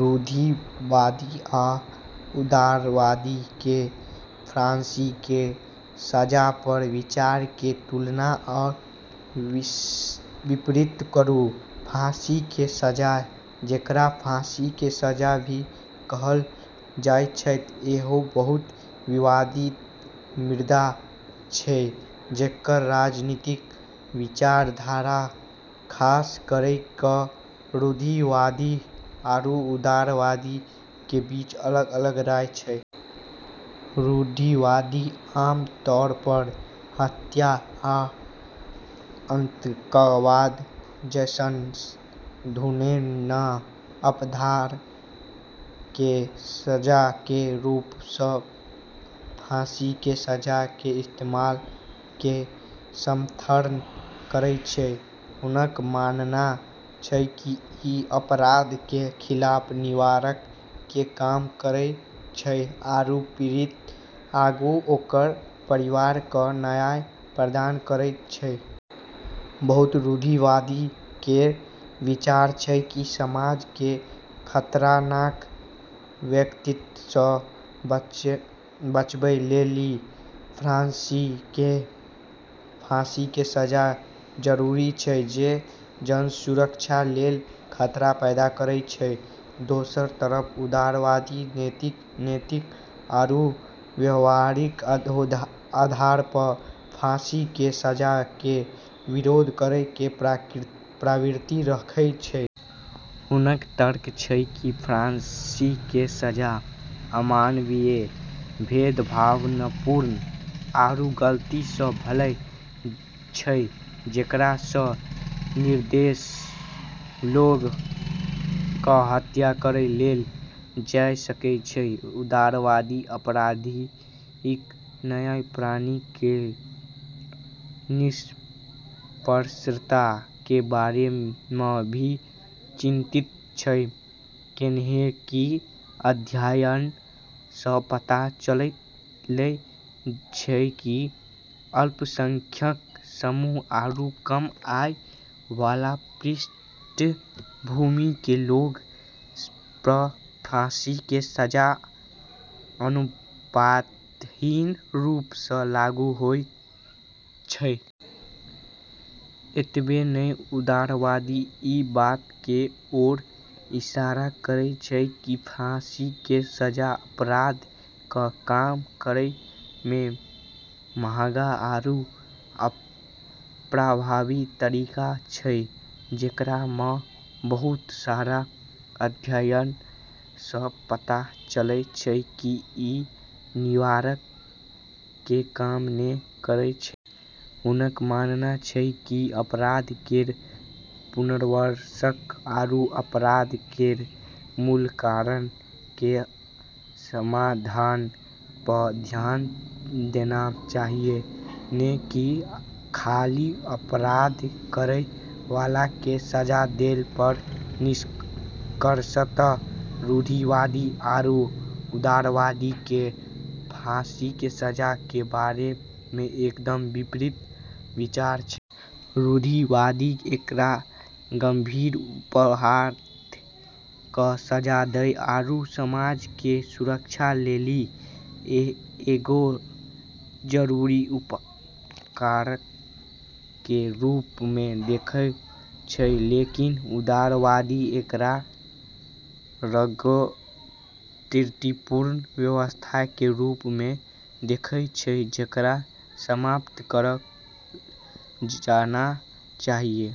रूढ़िवादी आ उदारवादी के फांसी के सजा पर विचार के तुलना आ विपरीत करू। फांसी के सजा, जेकरा फांसी के सजा भी कहलऽ जाय छै, एगो बहुत विवादित मुद्दा छै जेकरऽ राजनीतिक विचारधारा खास करी क॑ रूढ़िवादी आरू उदारवादी के बीच अलग-अलग राय छै। रूढ़िवादी आम तौर पर हत्या या आतंकवाद जैसनऽ घिनौना अपराध केरऽ सजा के रूप म॑ फांसी के सजा के इस्तेमाल के समर्थन करै छै। हुनकऽ मानना छै कि ई अपराध के खिलाफ निवारक के काम करै छै आरू पीड़ित आरू ओकरऽ परिवार क॑ न्याय प्रदान करै छै। बहुत रूढ़िवादी केरऽ विचार छै कि समाज क॑ खतरनाक व्यक्ति स॑ बचाबै लेली फांसी के सजा जरूरी छै जे जन सुरक्षा लेली खतरा पैदा करै छै। दोसरऽ तरफ उदारवादी नैतिक, नैतिक आरू व्यावहारिक आधार प॑ फांसी के सजा के विरोध करै के प्रवृत्ति रखै छै। हुनकऽ तर्क छै कि फांसी के सजा अमानवीय, भेदभावपूर्ण आरू गलती स॑ भरलऽ छै जेकरा स॑ निर्दोष लोगऽ क॑ हत्या करी देलऽ जाय सकै छै। उदारवादी आपराधिक न्याय प्रणाली केरऽ निष्पक्षता के बारे म॑ भी चिंतित छै, कैन्हेंकि अध्ययनऽ स॑ पता चललै छै कि अल्पसंख्यक समूह आरू कम आय वाला पृष्ठभूमि के लोगऽ प॑ फांसी के सजा अनुपातहीन रूप स॑ लागू होय छै। एतबे नै, उदारवादी ई बात के ओर इशारा करै छै कि फांसी के सजा अपराध क॑ कम करै के महंगा आरू अप्रभावी तरीका छै, जेकरा म॑ बहुत सारा अध्ययनऽ स॑ पता चलै छै कि ई निवारक के काम नै करै छै। हुनकऽ मानना छै कि अपराध केरऽ पुनर्वास आरू अपराध केरऽ मूल कारणऽ के समाधान प॑ ध्यान देना चाहियऽ, नै कि खाली अपराध करै वाला क॑ सजा दै प॑। निष्कर्षतः रूढ़िवादी आरू उदारवादी केरऽ फांसी के सजा के बारे म॑ एकदम विपरीत विचार छै। रूढ़िवादी एकरा गंभीर अपराध क॑ सजा दै आरू समाज के सुरक्षा लेली एगो जरूरी उपकरण के रूप म॑ देखै छै, लेकिन उदारवादी एकरा एगो त्रुटिपूर्ण व्यवस्था के रूप म॑ देखै छै जेकरा समाप्त करलऽ जाना चाहियऽ।